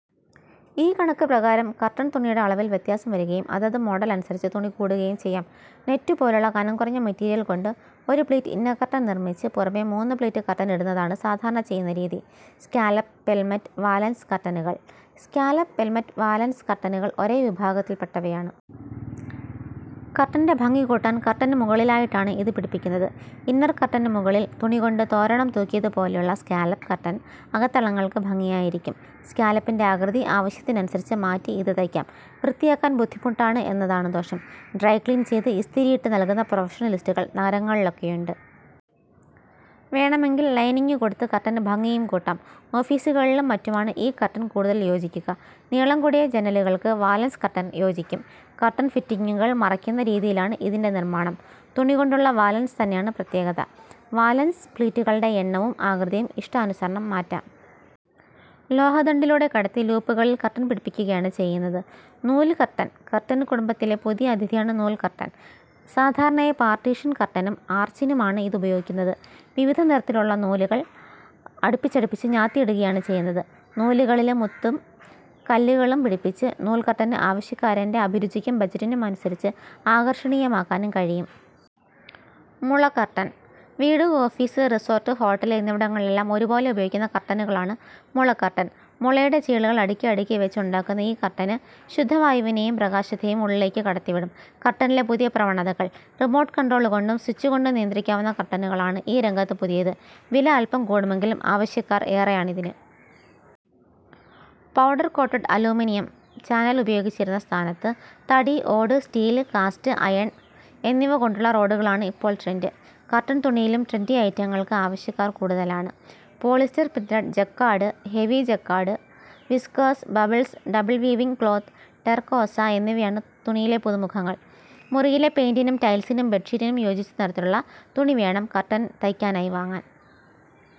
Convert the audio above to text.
ഈ കണക്കുപ്രകാരം കര്ട്ടന് തുണിയുടെ അളവില് വ്യത്യാസം വരികയും അതത് മോഡല് അനുസരിച്ച് തുണി കൂടുകയും ചെയ്യാം. നെറ്റ് പോലുള്ള കനം കുറഞ്ഞ മെറ്റീരിയല്കൊണ്ട് ഒരു പ്ലീറ്റ് ഇന്നര്കര്ട്ടന് നിര്മിച്ച് പുറമെ മൂന്നു പ്ലീറ്റ് കര്ട്ടന് ഇടുന്നതാണ് സാധാരണ ചെയ്യുന്ന രീതി. സ്കാലപ്പ്, പെല്മറ്റ്, വാലന്സ് കര്ട്ടനുകള് സ്കാലപ്പ്, പെല്മറ്റ്, വാലന്സ് കര്ട്ടനുകള് ഒരേ വിഭാഗത്തില്പ്പെട്ടവയാണ്. കര്ട്ടന്റെ ഭംഗി കൂട്ടാന് കര്ട്ടന് മുകളിലായിട്ടാണ് ഇത് പിടിപ്പിക്കുന്നത്. ഇന്നര് കര്ട്ടനു മുകളില് തുണികൊണ്ട് തോരണം തൂക്കിയതുപോലുളള സ്കാലപ്പ് കര്ട്ടന് അകത്തളങ്ങള്ക്ക് ഭംഗിയായിരിക്കും. സ്കാലപ്പിന്റെ ആകൃതി ആവശ്യത്തിനനുസരിച്ച് മാറ്റി ഇത് തയ്ക്കാം. വൃത്തിയാക്കാന് ബുദ്ധിമുട്ടാണ് എന്നതാണ് ദോഷം. ്രൈഡക്ലീന് ചെയ്ത് ഇസ്തിരിയിട്ടു നല്കുന്ന പ്രൊഫഷണലിസ്റ്റുകള് നഗരങ്ങളിലൊക്കെയുണ്ട്. വേണമെങ്കില് ലൈനിങ് കൊടുത്ത് കര്ട്ടന് ഭംഗിയും കൂട്ടാം. ഓഫീസുകളിലും മറ്റുമാണ് ഈ കര്ട്ടന് കൂടുതല് യോജിക്കുക. നീളം കൂടിയ ജനലുകള്ക്ക് വാലന്സ് കര്ട്ടന് യോജിക്കും. കര്ട്ടന് ഫിറ്റിങ്ങുകള് മറയ്ക്കുന്ന രീതിയിലാണ് ഇതിന്റെ നിര്മാണം. തുണികൊണ്ടുള്ള വാലന്സ് തന്നെയാണ് പ്രത്യേകത. വാലന്സ് പ്ലീറ്റുകളുടെ എണ്ണവും ആകൃതിയും ഇഷ്ടാനുസരണം മാറ്റാം. ലോഹദണ്ഡിലൂടെ കടത്തി ലൂപ്പുകളില് കര്ട്ടന് പിടിപ്പിക്കുകയാണ് ചെയ്യുന്നത്. നൂല് കര്ട്ടന് കര്ട്ടന് കുടുംബത്തിലെ പുതിയ അതിഥിയാണ് നൂല്കര്ട്ടന്. സാധാരണയായി പാര്ട്ടീഷന് കര്ട്ടനും ആര്ച്ചിനും ആണ് ഇത് ഉപയോഗിക്കുന്നത്. വിവിധ നിറത്തിലുള്ള നൂലുകള് അടുപ്പിച്ചടുപ്പിച്ച് ഞാത്തിയിടുകയാണ് ചെയ്യുന്നത്. നൂലുകളില് മുത്തുകളും കല്ലുകളും പിടിപ്പിച്ച് നൂല്കര്ട്ടന് ആവശ്യക്കാരന്റെ അഭിരുചിക്കും ബജറ്റിനുമനുസരിച്ച് ആകര്ഷണീയമാക്കാനും കഴിയും. മുള കര്ട്ടന് വീട്, ഓഫീസ്, റിസോര്ട്ട്, ഹോട്ടല് എന്നിവിടങ്ങളിലെല്ലാം ഒരുപോലെ ഉപയോഗിക്കുന്ന കര്ട്ടനുകളാണ് മുളകര്ട്ടന്. മുളയുടെ ചീളുകള് അടുക്കിയടുക്കി വെച്ച് ഉണ്ടാക്കുന്ന ഈ കര്ട്ടന് ശുദ്ധവായുവിനെയും പ്രകാശത്തെയും ഉള്ളിലേക്ക് കടത്തിവിടും. കര്ട്ടനിലെ പുതിയ പ്രവണതകള് റിമോര്ട്ട് കണ്ട്രോള്കൊണ്ടും സ്വിച്ചുകള്കൊണ്ടും നിയന്ത്രിക്കാവുന്ന കര്ട്ടനുകളാണ് ഈ രംഗത്ത് പുതിയത്. വില അല്പം കൂടുമെങ്കിലും ആവശ്യക്കാര് ഏറെയാണിതിന്. പൗഡര് കോട്ടഡ് അലുമിനിയം ചാനല് ഉപയോഗിച്ചിരുന്ന സ്ഥാനത്ത് തടി, ഓട്, സ്റ്റീല്, കാസ്റ്റ് അയേണ് എന്നിവകൊണ്ടുള്ള റോഡുകളാണ് ഇപ്പോള് ട്രെന്ഡ്. കര്ട്ടന് തുണിയിലും ട്രെന്ഡി ഐറ്റങ്ങള്ക്ക് ആവശ്യക്കാര് കൂടുതലാണ്. Polyester printed, jacquard, heavy jacquards, viscose, bubbles, double weaving cloth, ടെര്കോസ എന്നിവയാണ് തുണിയിലെ പുതുമുഖങ്ങള്. മുറിയിലെ പെയിന്റിനും ടൈല്സിനും ബെഡ്ഷീറ്റിനും യോജിച്ച നിറത്തിലുള്ള തുണി വേണം കര്ട്ടന് തയ്ക്കാനായി വാങ്ങിക്കാന്.